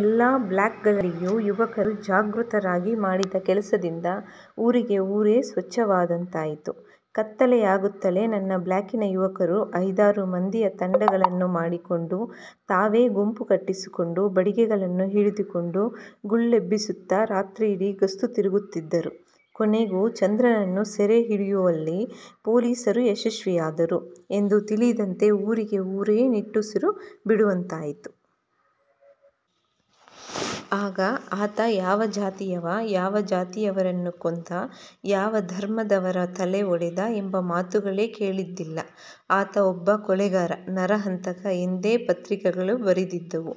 ಎಲ್ಲಾ ಬ್ಲಾಕ್ಗಳಲ್ಲಿಯೂ ಯುವಕರು ಜಾಗೃತರಾಗಿ ಮಾಡಿದ ಕೆಲಸದಿಂದ ಊರಿಗೇ ಊರೇ ಸ್ವಚ್ಛವಾದಂತಾಯಿತು. ಕತ್ತಲೆಯಾಗುತ್ತಲೇ ನನ್ನ ಬ್ಲಾಕಿನ ಯುವಕರು ಐದಾರು ಮಂದಿಯ ತಂಡಗಳನ್ನು ಮಾಡಿಕೊಂಡು ತಾವೇ ಗುಂಪು ಕಟ್ಟಿಸಿಕೊಂಡು ಬಡಿಗೆಗಳನ್ನು ಹಿಡಿದುಕೊಂಡು ಗುಲ್ಲೆಬ್ಬಿಸುತ್ತಾ ರಾತ್ರಿಯಿಡೀ ಗಸ್ತು ತಿರುಗುತ್ತಿದ್ದರು. ಕೊನೆಗೂ ಚಂದ್ರನ್ನನ್ನು ಸೆರೆ ಹಿಡಿಯುವಲ್ಲಿ ಪೊಲೀಸರು ಯಶಸ್ವಿಯಾದರು ಎಂದು ತಿಳಿದಂತೆ ಊರಿಗೇ ಊರೇ ನಿಟ್ಟುಸಿರು ಬಿಡುವಂತಾಯ್ತು. ಆಗ ಆತ ಯಾವ ಜಾತಿಯವ, ಯಾವ ಜಾತಿಯವರನ್ನು ಕೊಂದ, ಯಾವ ಧರ್ಮದವರ ತಲೆ ಒಡೆದ ಎಂಬ ಮಾತುಗಳೇ ಕೇಳಿದ್ದಿಲ್ಲ. ಆತ ಒಬ್ಬ ಕೊಲೆಗಾರ, ನರಹಂತಕ ಎಂದೇ ಪತ್ರಿಕೆಗಳು ಬರೆದಿದ್ದುವು.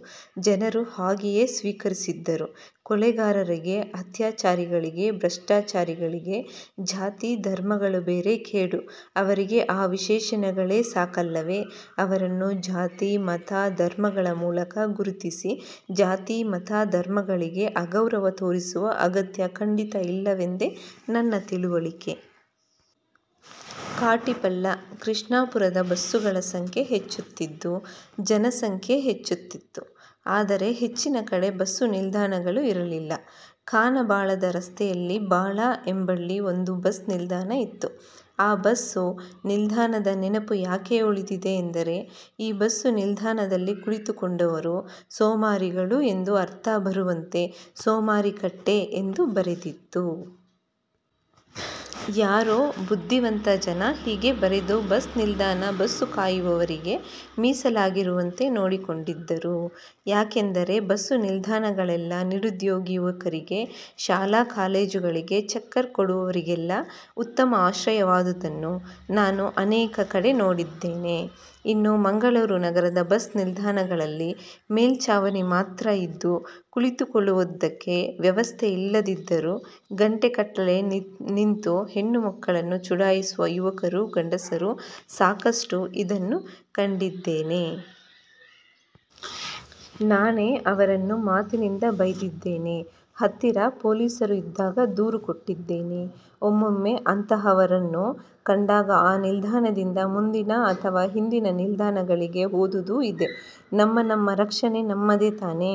ಜನರೂ ಹಾಗೆಯೇ ಸ್ವೀಕರಿಸಿದ್ದರು. ಕೊಲೆಗಾರರಿಗೆ, ಅತ್ಯಾಚಾರಿಗಳಿಗೆ, ಭ್ರಷ್ಟಾಚಾರಿಗಳಿಗೆ ಜಾತಿ, ಧರ್ಮಗಳು ಬೇರೆ ಕೇಡು. ಅವರಿಗೆ ಆ ವಿಶೇಷಣಗಳೇ ಸಾಕಲ್ಲವೇ ಅವರನ್ನು ಜಾತಿ, ಮತ, ಧರ್ಮಗಳ ಮೂಲಕ ಗುರುತಿಸಿ ಜಾತಿ, ಮತ, ಧರ್ಮಗಳಿಗೆ ಅಗೌರವ ತೋರಿಸುವ ಅಗತ್ಯ ಖಂಡಿತ ಇಲ್ಲವೆಂದೇ ನನ್ನ ತಿಳುವಳಿಕೆ. ಕಾಟಿಪಳ್ಳ, ಕೃಷ್ಣಾಪುರದ ಬಸ್ಸುಗಳ ಸಂಖ್ಯೆ ಹೆಚ್ಚುತ್ತಿತ್ತು. ಜನಸಂಖ್ಯೆ ಹೆಚ್ಚುತ್ತಿತ್ತು. ಆದರೆ ಹೆಚ್ಚಿನ ಕಡೆ ಬಸ್ಸು ನಿಲ್ದಾಣಗಳು ಇರಲಿಲ್ಲ. ಕಾನ ಬಾಳದ ರಸ್ತೆಯಲ್ಲಿ ಬಾಳ ಎಂಬಲ್ಲಿ ಒಂದು ಬಸ್ ನಿಲ್ದಾಣ ಇತ್ತು. ಆ ಬಸ್ಸು ನಿಲ್ದಾಣದ ನೆನಪು ಯಾಕೆ ಉಳಿದಿದೆ ಎಂದರೆ ಈ ಬಸ್ಸು ನಿಲ್ದಾಣದಲ್ಲಿ ಕುಳಿತುಕೊಂಡವರು ಸೋಮಾರಿಗಳು ಎಂದು ಅರ್ಥ ಬರುವಂತೆ 'ಸೋಮಾರಿ ಕಟ್ಟೆ' ಎಂದು ಬರೆದಿತ್ತು. ಯಾರೋ ಬುದ್ಧಿವಂತ ಜನ ಹೀಗೆ ಬರೆದು ಬಸ್ಸು ನಿಲ್ದಾಣ ಬಸ್ಸು ಕಾಯುವವರಿಗೇ ಮೀಸಲಾಗಿರುವಂತೆ ನೋಡಿಕೊಂಡಿದ್ದರು. ಯಾಕೆಂದರೆ ಬಸ್ಸು ನಿಲ್ದಾಣಗಳೆಲ್ಲ ನಿರುದ್ಯೋಗಿ ಯುವಕರಿಗೆ, ಶಾಲಾ ಕಾಲೇಜುಗಳಿಗೆ ಚಕ್ಕರ್ ಕೊಡುವವರಿಗೆಲ್ಲ ಉತ್ತಮ ಆಶ್ರಯವಾದುದನ್ನು ನಾನು ಅನೇಕ ಕಡೆ ನೋಡಿದ್ದೇನೆ. ಇನ್ನು ಮಂಗಳೂರು ನಗರದ ಬಸ್ ನಿಲ್ದಾಣಗಳಲ್ಲಿ ಮೇಲ್ಛಾವಣಿ ಮಾತ್ರ ಇದ್ದು ಕುಳಿತುಕೊಳ್ಳುವುದಕ್ಕೆ ವ್ಯವಸ್ಥೆ ಇಲ್ಲದಿದ್ದರೂ ಗಂಟೆಗಟ್ಟಲೆ ನಿಂತು ಹೆಣ್ಣು ಮಕ್ಕಳನ್ನು ಚುಡಾಯಿಸುವ ಯುವಕರು, ಗಂಡಸರೂ ಸಾಕಷ್ಟು ಇದನ್ನು ಕಂಡಿದ್ದೇನೆ. ನಾನೇ ಅವರನ್ನು ಮಾತಿನಿಂದ ಬೈದಿದ್ದೇನೆ, ಹತ್ತಿರ ಪೊಲೀಸರು ಇದ್ದಾಗ ದೂರು ಕೊಟ್ಟಿದ್ದೇನೆ. ಒಮ್ಮೊಮ್ಮೆ ಅಂತಹವರನ್ನು ಕಂಡಾಗ ಆ ನಿಲ್ದಾಣದಿಂದ ಮುಂದಿನ ಅಥವಾ ಹಿಂದಿನ ನಿಲ್ದಾಣಗಳಿಗೆ ಹೋದುದೂ ಇದೆ. ನಮ್ಮ ನಮ್ಮ ರಕ್ಷಣೆ ನಮ್ಮದೇ ತಾನೇ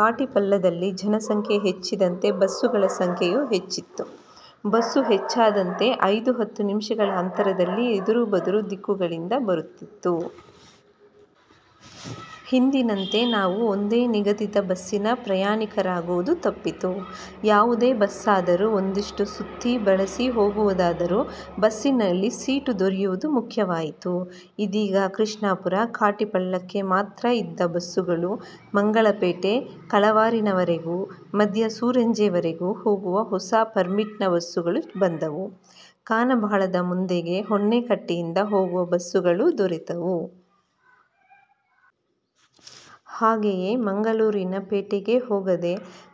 ಕಾಟಿಪಳ್ಳದಲ್ಲಿ ಜನ ಸಂಖ್ಯೆ ಹೆಚ್ಚಿದಂತೆ ಬಸ್ಸುಗಳ ಸಂಖ್ಯೆಯೂ ಹೆಚ್ಚಿತು. ಬಸ್ಸು ಹೆಚ್ಚಾದಂತೆ ಐದು ಹತ್ತು ನಿಮಿಷಗಳ ಅಂತರದಲ್ಲಿ ಎದುರು ಬದುರು ದಿಕ್ಕುಗಳಿಂದ ಬರುತ್ತಿತ್ತು. ಹಿಂದಿನಂತೆ ನಾವು ಒಂದೇ ನಿಗದಿತ ಬಸ್ಸಿನ ಪ್ರಯಾಣಿಕರಾಗುವುದು ತಪ್ಪಿತು. ಯಾವುದೇ ಬಸ್ಸಾದರೂ ಒಂದಿಷ್ಟು ಸುತ್ತಿ ಬಳಸಿ ಹೋಗುವುದಾದರೂ ಬಸ್ಸಿನಲ್ಲಿ ಸೀಟು ದೊರೆಯುವುದು ಮುಖ್ಯವಾಯಿತು. ಇದೀಗ ಕೃಷ್ಣಾಪುರ, ಕಾಟಿಪಳ್ಳಕ್ಕೆ ಮಾತ್ರ ಇದ್ದ ಬಸ್ಸುಗಳು, ಮಂಗಳಪೇಟೆ, ಕಳವಾರಿನವರೆಗೂ, ಮದ್ಯ, ಸೂರಿಂಜೆವರೆಗೂ ಹೋಗುವ ಹೊಸ ಪರ್ಮಿಟ್ನ ಬಸ್ಸುಗಳು ಬಂದವು. ಕಾನ ಬಾಳದ ಮಂದಿಗೆ ಹೊನ್ನೆಕಟ್ಟೆಯಿಂದ ಹೋಗುವ ಬಸ್ಸುಗಳೂ ದೊರೆತವು. ಹಾಗೆಯೇ ಮಂಗಳೂರಿನ ಪೇಟೆಗೆ ಹೋಗದೆ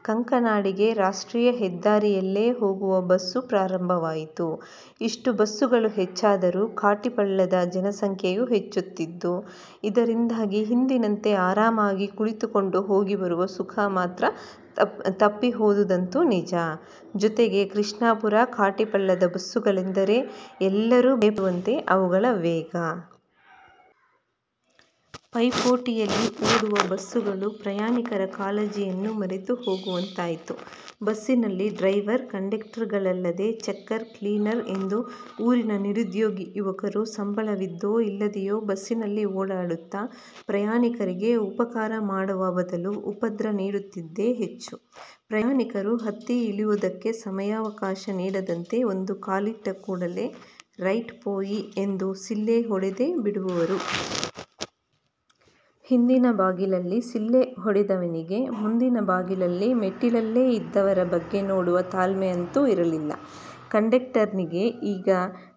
ಕಂಕನಾಡಿಗೆ ರಾಷ್ಟ್ರೀಯ ಹೆದ್ದಾರಿಯಲ್ಲೇ ಹೋಗುವ ಬಸ್ಸು ಪ್ರಾರಂಭವಾಯಿತು. ಇಷ್ಟು ಬಸ್ಸುಗಳು ಹೆಚ್ಚಾದರೂ ಕಾಟಿಪಳ್ಳದ ಜನಸಂಖ್ಯೆಯೂ ಹೆಚ್ಚುತ್ತಿತ್ತು. ಇದರಿಂದಾಗಿ ಹಿಂದಿನಂತೆ ಆರಾಮಾಗಿ ಕುಳಿತುಕೊಂಡು ಹೋಗಿ ಬರುವ ಸುಖ ಮಾತ್ರ ತಪ್ಪಿ ಹೋದುದಂತೂ ನಿಜ. ಜೊತೆಗೆ ಕೃಷ್ಣಾಪುರ, ಕಾಟಿಪಳ್ಳದ ಬಸ್ಸುಗಳೆಂದರೆ ಎಲ್ಲರೂ ಭಯಪಡುವಂತೆ ಅವುಗಳ ವೇಗ. ಪೈಪೋಟಿಯಲ್ಲಿ ಓಡುವ ಬಸ್ಸುಗಳು ಪ್ರಯಾಣಿಕರ ಕಾಳಜಿಯನ್ನು ಮರೆತು ಹೋಗುವಂತಾಯಿತು. ಬಸ್ಸಿನಲ್ಲಿ ಡ್ರೈವರ್, ಕಂಡಕ್ಟರ್ಗಳಲ್ಲದೆ ಚೆಕ್ಕರ್, ಕ್ಲೀನರ್ ಎಂದು ಊರಿನ ನಿರುದ್ಯೋಗಿ ಯುವಕರು ಸಂಬಳವಿದ್ದೋ ಇಲ್ಲದೆಯೋ ಬಸ್ಸಿನಲ್ಲಿ ಓಡಾಡುತ್ತಾ ಪ್ರಯಾಣಿಕರಿಗೆ ಉಪಕಾರ ಮಾಡುವ ಬದಲು ಉಪದ್ರ ನೀಡುತ್ತಿದ್ದುದೇ ಹೆಚ್ಚು. ಪ್ರಯಾಣಿಕರು ಹತ್ತಿ ಇಳಿಯುವುದಕ್ಕೆ ಸಮಯಾವಕಾಶ ನೀಡದಂತೆ ಒಂದು ಕಾಲಿಟ್ಟ ಕೂಡಲೇ 'ರೈಟ್ ಪೋಯಿ' ಎಂದು ಸಿಳ್ಳೆ ಹೊಡೆದೇ ಬಿಡುವವರು. ಹಿಂದಿನ ಬಾಗಿಲಲ್ಲಿ ಸಿಳ್ಳೆ ಹೊಡೆದವನಿಗೆ ಮುಂದಿನ ಬಾಗಿಲಲ್ಲಿ ಮೆಟ್ಟಲಲ್ಲೇ ಇದ್ದವರ ಬಗ್ಗೆ ನೋಡುವ ತಾಳ್ಮೆ ಅಂತೂ ಇರಲಿಲ್ಲ. ಕಂಡಕ್ಟರ್ನಿಗೆ ಈಗ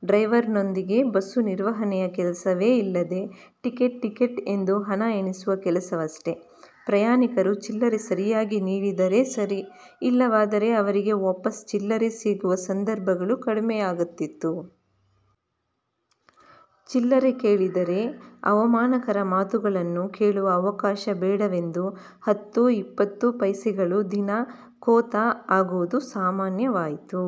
ಡ್ರೈವರ್ನೊಂದಿಗೆ ಬಸ್ಸು ನಿರ್ವಹಣೆಯ ಕೆಲಸವೇ ಇಲ್ಲದೆ ಟಿಕೆಟ್ ಟಿಕೆಟ್ ಎಂದು ಹಣ ಎಣಿಸುವ ಕೆಲಸವಷ್ಟೇ. ಪ್ರಯಾಣಿಕರು ಚಿಲ್ಲರೆ ಸರಿಯಾಗಿ ನೀಡಿದರೆ ಸರಿ. ಇಲ್ಲವಾದರೆ ಅವರಿಗೆ ವಾಪಸ್ ಚಿಲ್ಲರೆ ಸಿಗುವ ಸಂದರ್ಭಗಳು ಕಡಿಮೆಯಾಗ ಹತ್ತಿತ್ತು. ಚಿಲ್ಲರೆ ಕೇಳಿದರೆ ಅವಮಾನಕರ ಮಾತುಗಳನ್ನು ಕೇಳುವ ಅವಕಾಶ ಬೇಡವೆಂದು ಹತ್ತು, ಇಪ್ಪತ್ತು ಪೈಸೆಗಳು ದಿನಾ ಖೋತಾ ಆಗುವುದು ಸಾಮಾನ್ಯವಾಯ್ತು.